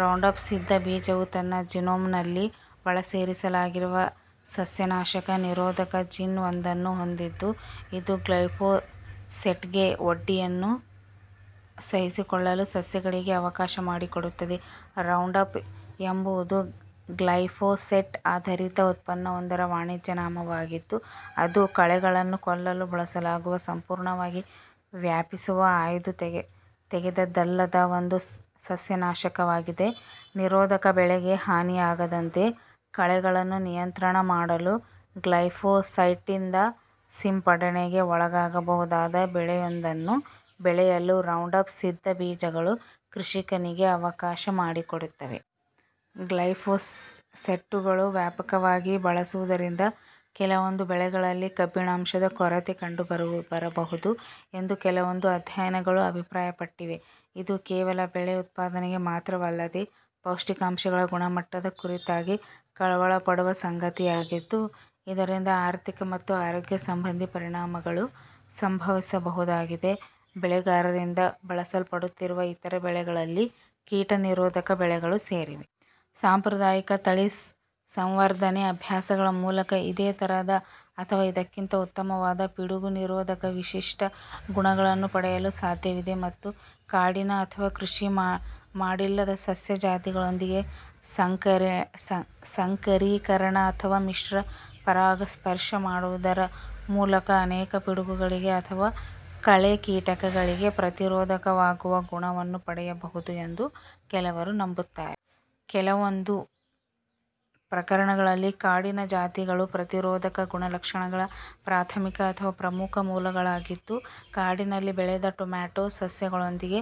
ರೌಂಡಪ್-ಸಿದ್ಧ ಬೀಜವು ತನ್ನ ಜೀನೋಮ್ನಲ್ಲಿ ಒಳಸೇರಿಸಲಾಗಿರುವ ಸಸ್ಯನಾಶಕ ನಿರೋಧಕ ಜೀನ್ ಒಂದನ್ನು ಹೊಂದಿದ್ದು, ಇದು ಗ್ಲೈಫೋಸೇಟ್ಗೆ ಒಡ್ಡಿಕೆಯನ್ನು ಸಹಿಸಿಕೊಳ್ಳಲು ಸಸ್ಯಗಳಿಗೆ ಅವಕಾಶಮಾಡಿಕೊಡುತ್ತದೆ. ರೌಂಡಪ್ ಎಂಬುದು ಗ್ಲೈಫೋಸೇಟ್ ಆಧರಿತ ಉತ್ಪನ್ನವೊಂದರ ವಾಣಿಜ್ಯನಾಮವಾಗಿದ್ದು, ಅದು ಕಳೆಗಳನ್ನು ಕೊಲ್ಲಲು ಬಳಸಲಾಗುವ, ಸಂಪೂರ್ಣವಾಗಿ ವ್ಯಾಪಿಸುವ, ಆಯ್ದು ತೆಗೆದದ್ದಲ್ಲದ ಒಂದು ಸಸ್ಯನಾಶಕವಾಗಿದೆ. ನಿರೋಧಕ ಬೆಳೆಗೆ ಹಾನಿಯಾಗದಂತೆ ಕಳೆಗಳನ್ನು ನಿಯಂತ್ರಣ ಮಾಡಲು, ಗ್ಲೈಫೋಸೈಟ್ನಿಂದ ಸಿಂಪಡಣೆಗೆ ಒಳಗಾಗಬಹುದಾದ ಬೆಳೆಯೊಂದನ್ನು ಬೆಳೆಯಲು ರೌಂಡಪ್-ಸಿದ್ಧ ಬೀಜಗಳು ಕೃಷಿಕನಿಗೆ ಅವಕಾಶ ಮಾಡಿಕೊಡುತ್ತವೆ. ಗ್ಲೈಪೋಸೇಟ್ನ್ನು ವ್ಯಾಪಕವಾಗಿ ಬಳಸುವುದರಿಂದ ಕೆಲವೊಂದು ಬೆಳೆಗಳಲ್ಲಿ ಕಬ್ಬಿಣಾಂಶದ ಕೊರತೆ ಕಂಡುಬರಬಹುದು ಎಂದು ಕೆಲವೊಂದು ಅಧ್ಯಯನಗಳು ಅಭಿಪ್ರಾಯಪಟ್ಟಿವೆ. ಇದು ಕೇವಲ ಬೆಳೆ ಉತ್ಪಾದನೆಗೆ ಮಾತ್ರವಲ್ಲದೆ, ಪೌಷ್ಟಿಕಾಂಶಗಳ ಗುಣಮಟ್ಟದ ಕುರಿತಾಗಿ ಕಳವಳಪಡುವ ಸಂಗತಿಯಾಗಿದ್ದು, ಇದರಿಂದ ಆರ್ಥಿಕ ಮತ್ತು ಆರೋಗ್ಯ ಸಂಬಂಧಿ ಪರಿಣಾಮಗಳೂ ಸಂಭವಿಸಬಹುದಾಗಿದೆ. ಬೆಳೆಗಾರರಿಂದ ಬಳಸಲ್ಪಡುತ್ತಿರುವ ಇತರ ಬೆಳೆಗಳಲ್ಲಿ ಕೀಟ-ನಿರೋಧಕ ಬೆಳೆಗಳು ಸೇರಿವೆ. ಸಾಂಪ್ರದಾಯಿಕ ತಳಿ ಸಂವರ್ಧನೆ ಅಭ್ಯಾಸಗಳ ಮೂಲಕ ಇದೇ ಥರದ ಅಥವಾ ಇದಕ್ಕಿಂತ ಉತ್ತಮವಾದ ಪಿಡುಗು-ನಿರೋಧಕ ವಿಶಿಷ್ಟ ಗುಣಗಳನ್ನು ಪಡೆಯಲು ಸಾಧ್ಯವಿದೆ, ಮತ್ತು ಕಾಡಿನ ಅಥವಾ ಕೃಷಿಮಾಡಿಲ್ಲದ ಸಸ್ಯ ಜಾತಿಗಳೊಂದಿಗೆ ಸಂಕರೀಕರಣ ಅಥವಾ ಮಿಶ್ರ-ಪರಾಗಸ್ಪರ್ಶ ಮಾಡುವುದರ ಮೂಲಕ ಅನೇಕ ಪಿಡುಗುಗಳಿಗೆ ಅಥವಾ ಕಳೆ-ಕೀಟಗಳಿಗೆ ಪ್ರತಿರೋಧಕವಾಗುವ ಗುಣವನ್ನು ಪಡೆಯಬಹುದು ಎಂದು ಕೆಲವರು ನಂಬುತ್ತಾರೆ. ಕೆಲವೊಂದು ಪ್ರಕರಣಗಳಲ್ಲಿ, ಕಾಡಿನ ಜಾತಿಗಳು ಪ್ರತಿರೋಧಕ ಗುಣಲಕ್ಷಣಗಳ ಪ್ರಾಥಮಿಕ ಅಥವಾ ಪ್ರಮುಖ ಮೂಲಗಳಾಗಿದ್ದು, ಕಾಡಿನಲ್ಲಿ ಬೆಳೆದ ಟೊಮ್ಯಾಟೋ ಸಸ್ಯಗಳೊಂದಿಗೆ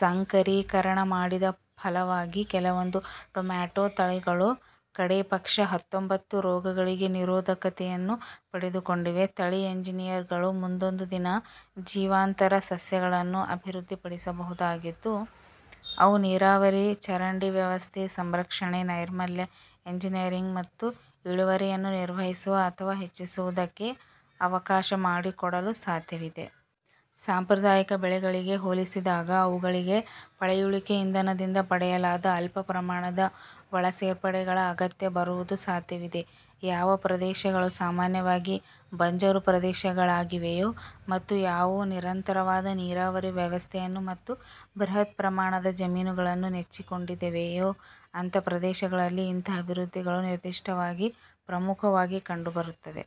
ಸಂಕರೀಕರಣ ಮಾಡಿದ ಫಲವಾಗಿ ಕೆಲವೊಂದು ಟೊಮ್ಯಾಟೋ ತಳಿಗಳು ಕಡೇಪಕ್ಷ ಹತ್ತೊಂಬತ್ತು ರೋಗಗಳಿಗೆ ನಿರೋಧಕತೆಯನ್ನು ಪಡೆದುಕೊಂಡಿವೆ. ತಳಿ ಎಂಜಿನಿಯರುಗಳು ಮುಂದೊಂದು ದಿನ ಜೀವಾಂತರ ಸಸ್ಯಗಳನ್ನು ಅಭಿವೃದ್ಧಿಪಡಿಸಬಹುದಾಗಿದ್ದು, ಅವು ನೀರಾವರಿ, ಚರಂಡಿ ವ್ಯವಸ್ಥೆ, ಸಂರಕ್ಷಣೆ ನೈರ್ಮಲ್ಯ ಎಂಜಿನಿಯರಿಂಗ್, ಮತ್ತು ಇಳುವರಿಯನ್ನು ನಿರ್ವಹಿಸುವ ಅಥವಾ ಹೆಚ್ಚಿಸುವುದಕ್ಕೆ ಅವಕಾಶ ಮಾಡಿಕೊಡಲು ಸಾಧ್ಯವಿದೆ. ಸಾಂಪ್ರದಾಯಿಕ ಬೆಳೆಗಳಿಗೆ ಹೋಲಿಸಿದಾಗ, ಅವುಗಳಿಗೆ ಪಳೆಯುಳಿಕೆ ಇಂಧನದಿಂದ ಪಡೆಯಲಾದ ಅಲ್ಪ ಪ್ರಮಾಣದ ಒಳಸೇರ್ಪಡೆಗಳ ಅಗತ್ಯ ಬರುವುದು ಸಾಧ್ಯವಿದೆ. ಯಾವ ಪ್ರದೇಶಗಳು ಸಾಮಾನ್ಯವಾಗಿ ಬಂಜರು ಪ್ರದೇಶಗಳಾಗಿವೆಯೋ ಮತ್ತು ಯಾವುವು ನಿರಂತರವಾದ ನೀರಾವರಿ ವ್ಯವಸ್ಥೆಯನ್ನು, ಮತ್ತು ಬೃಹತ್ ಪ್ರಮಾಣದ ಜಮೀನುಗಳನ್ನು ನೆಚ್ಚಿಕೊಂಡಿವೆಯೋ, ಅಂಥ ಪ್ರದೇಶಗಳಲ್ಲಿ ಇಂಥ ಅಭಿವದ್ಧಿಗಳು ನಿರ್ದಿಷ್ಟವಾಗಿ ಪ್ರಮುಖವಾಗಿ ಕಂಡುಬರುತ್ತವೆ.